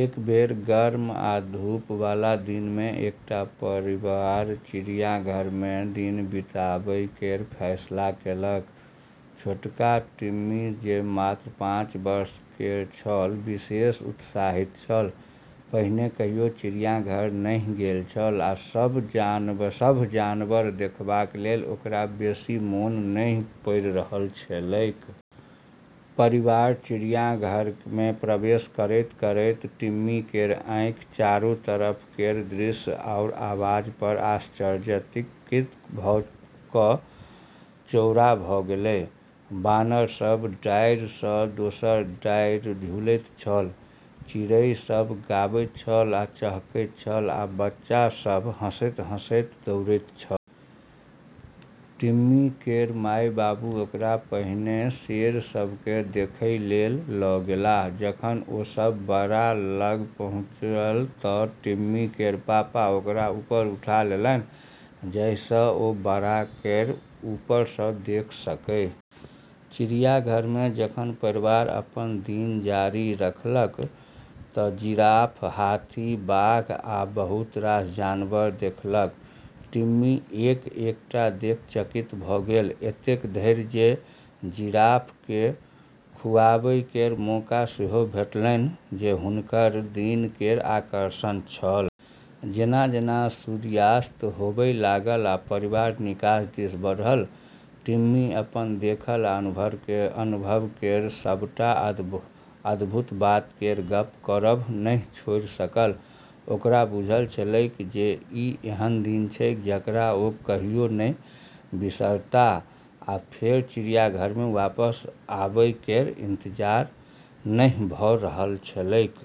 एक बेर गर्म आ धूप बला दिन मे एकटा परिवार चिड़ियाघर मे दिन बिताबै केर फैसला केलक। छोटका टिम्मी जे मात्र पाँच वर्ष केर छल, विशेष उत्साहित छल। पहिने कहियो चिड़ियाघर नहि गेल छल, आ सभ जानवर देखबाक लेल ओकरा बेसी मोन नहि पड़ि रहल छलैक। परिवार चिड़ियाघर मे प्रवेश करैत-करैत टिम्मी केर आँखि चारो तरफ केर दृश्य आरू आवाज पर आश्चर्यचकित भऽ कऽ चौड़ा भऽ गेलै। बानर सभ डारि सँ दोसर डारि झूलैत छल, चिड़ै सभ गाबैत छल आ चहकैत छल, आ बच्चा सभ हँसैत-हँसैत दौड़ैत छल। टिम्मी केर माय-बाबू ओकरा पहिने शेर सभ केँ देखै लेल लऽ गेलाह। जखन ओ सभ बाड़ा लग पहुँछल तँ टिम्मी केर पापा ओकरा ऊपर उठा लेलन्हि जाहि सँ ओ बाड़ा केर ऊपर सँ देखि सकए। चिड़ियाघर मे जखन परिवार अपन दिन जारी रखलक तँ जिराफ, हाथी, बाघ, आ बहुत रास जानवर देखलक। टिम्मी एक-एकटा देखि चकित भऽ गेल। एतेक धरि जे जिराफ केँ खुवाबै केर मौका सेहो भेटलन्हि जे हुनकर दिन केर आकर्षण छल। जेना-जेना सूर्यास्त होबै लागल आ परिवार निकास दिस बढ़ल, टिम्मी अपन देखल आ अनुभव केर सबटा अद्भुत बात केर गप्प करब नहि छोड़ि सकल। ओकरा बुझल छलैक जे ई एहन दिन छैक जकरा ओ कहियो नहि बिसरताह, आ फेर चिड़ियाघर मे वापस आबै केर इंतजार नहि भऽ रहल छलैक।